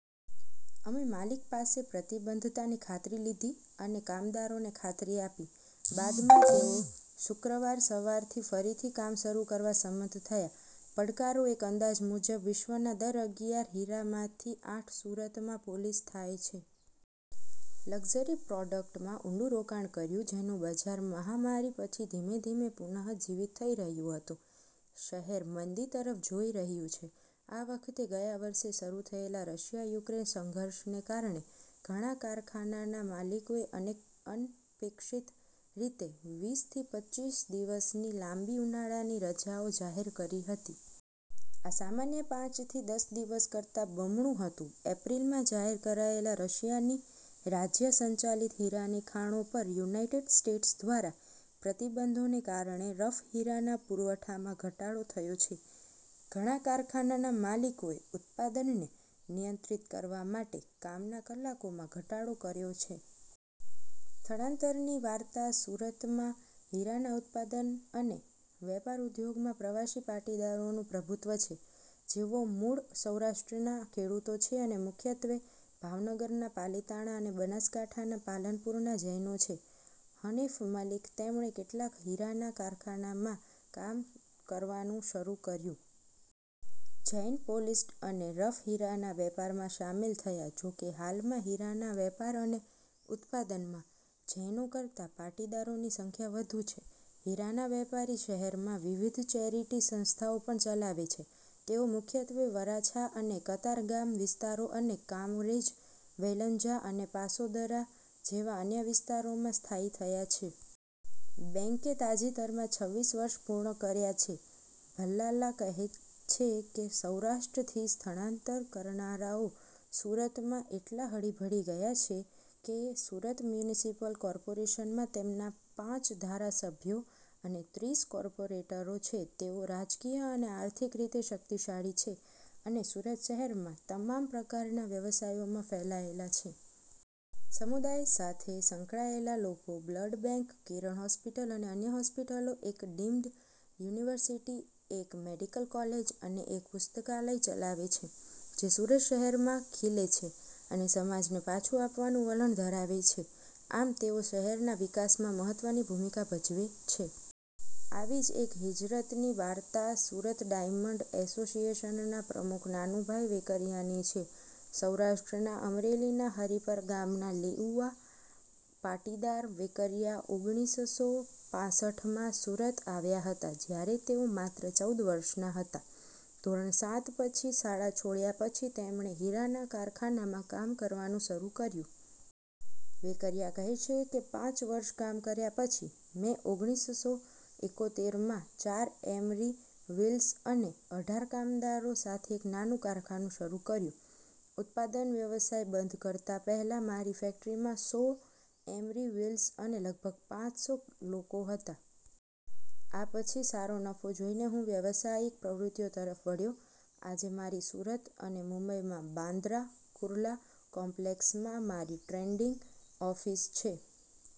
અમે માલિક પાસે પ્રતિબદ્ધતાની ખાતરી લીધી અને કામદારોને ખાતરી આપી. બાદમાં તેઓ શુક્રવાર સવારથી ફરીથી કામ શરૂ કરવા સંમત થયા. પડકારો એક અંદાજ મુજબ, વિશ્વના દર અગીયાર હીરામાંથી આઠ સુરતમાં પોલિશ થાય છે. લક્ઝરી પ્રોડક્ટમાં ઊંડું રોકાણ કર્યું, જેનું બજાર મહામારી પછી ધીમે ધીમે પુનઃજીવિત થઈ રહ્યું હતું, શહેર મંદી તરફ જોઈ રહ્યું છે, આ વખતે ગયા વર્ષે શરૂ થયેલા રશિયા-યુક્રેન સંઘર્ષને કારણે, ઘણા કારખાનાના માલિકોએ અનપેક્ષિત રીતે વીસ થી પચ્ચીસ દિવસની લાંબી ઉનાળાની રજાઓ જાહેર કરી હતી. આ સામાન્ય પાંચ થી દસ દિવસ કરતાં બમણું હતું. એપ્રિલમાં જાહેર કરાયેલા રશિયાની રાજ્ય સંચાલિત હીરાની ખાણો પર યુનાઇટેડ સ્ટેટ્સ દ્વારા પ્રતિબંધોને કારણે રફ હીરાના પુરવઠામાં ઘટાડો થયો છે, ઘણા કારખાનાના માલિકોએ ઉત્પાદનને નિયંત્રિત કરવા માટે કામના કલાકોમાં ઘટાડો કર્યો છે. સ્થળાંતરની વાર્તા, સુરતમાં હીરાના ઉત્પાદન અને વેપાર ઉદ્યોગમાં પ્રવાસી પાટીદારોનું પ્રભુત્વ છે, જેઓ મૂળ સૌરાષ્ટ્રના ખેડૂતો છે અને મુખ્યત્વે ભાવનગરના પાલિતાણા અને બનાસકાંઠાના પાલનપુરના જૈનો છે. હનિફ મલિક તેમણે કેટલાક હીરાના કારખાનામાં કામ કરવાનું શરૂ કર્યું. જૈન પોલિશ્ડ અને રફ હીરાના વેપારમાં સામેલ થયા. જો કે હાલમાં હીરાના વેપાર અને ઉત્પાદનમાં જૈનો કરતાં પાટીદારોની સંખ્યા વધુ છે. હીરાના વેપારી શહેરમાં વિવિધ ચેરીટી સંસ્થાઓ પણ ચલાવે છે. " તેઓ મુખ્યત્વે વરાછા અને કતારગામ વિસ્તારો અને કામરેજ, વેલંજા અને પાસોદરા જેવા અન્ય વિસ્તારોમાં સ્થાયી થયા છે. બેંકે તાજેતરમાં છવ્વીસ વર્ષ પૂર્ણ કર્યા છે. ભલ્લાલા કહે છે કે, સૌરાષ્ટ્રથી સ્થળાંતર કરનારાઓ "સુરતમાં એટલા હળીભળી ગયા છે કે, સુરત મ્યુનિસિપલ કોર્પોરેશનમાં તેમના પાંચ ધારાસભ્યો અને ત્રીસ કોર્પોરેટરો છે. " "તેઓ રાજકીય અને આર્થિક રીતે શક્તિશાળી છે અને સુરત શહેરમાં તમામ પ્રકારના વ્યવસાયોમાં ફેલાયેલા છે. સમુદાય સાથે સંકળાયેલા લોકો બ્લડ બેંક, કિરણ હોસ્પિટલ, અને અન્ય હોસ્પિટલો, એક ડીમ્ડ યુનિવર્સિટી, એક મેડિકલ કોલેજ અને એક પુસ્તકાલય ચલાવે છે. જે સુરત શહેરમાં ખીલે છે અને સમાજને પાછું આપવાનું વલણ ધરાવે છે, આમ તેઓ શહેરના વિકાસમાં મહત્વની ભૂમિકા ભજવે છે. " આવી જ એક હિજરતની વાર્તા સુરત ડાયમંડ એસોસિએશનના પ્રમુખ નાનુભાઈ વેકરિયાની છે. સૌરાષ્ટ્રના અમરેલીના હરીપર ગામના લેઉવા પાટીદાર વેકરિયા ઓગણીસસો પાંસઠમાં સુરત આવ્યા હતા, જ્યારે તેઓ માત્ર ચૌદ વર્ષના હતા. ધોરણ સાત પછી શાળા છોડ્યા પછી, તેમણે હીરાના કારખાનામાં કામ કરવાનું શરૂ કર્યું. વેકરિયા કહે છે કે, પાંચ વર્ષ કામ કર્યા પછી, મેં ઓગણીસસો એકોતેરમાં ચાર એમરી વ્હીલ્સ અને અઢાર કામદારો સાથે એક નાનું કારખાનું શરૂ કર્યું. ઉત્પાદન વ્યવસાય બંધ કરતા પહેલા, મારી ફેક્ટરીમાં સો એમરી વ્હીલ્સ અને લગભગ પાંચ સો લોકો હતા. આ પછી સારો નફો જોઈને હું વ્યવસાયિક પ્રવૃત્તિઓ તરફ વળ્યો. આજે મારી સુરત અને મુંબઈમાં બાંદ્રા કુર્લા કોમ્પ્લેક્સમાં મારી ટ્રેડિંગ ઓફિસ છે.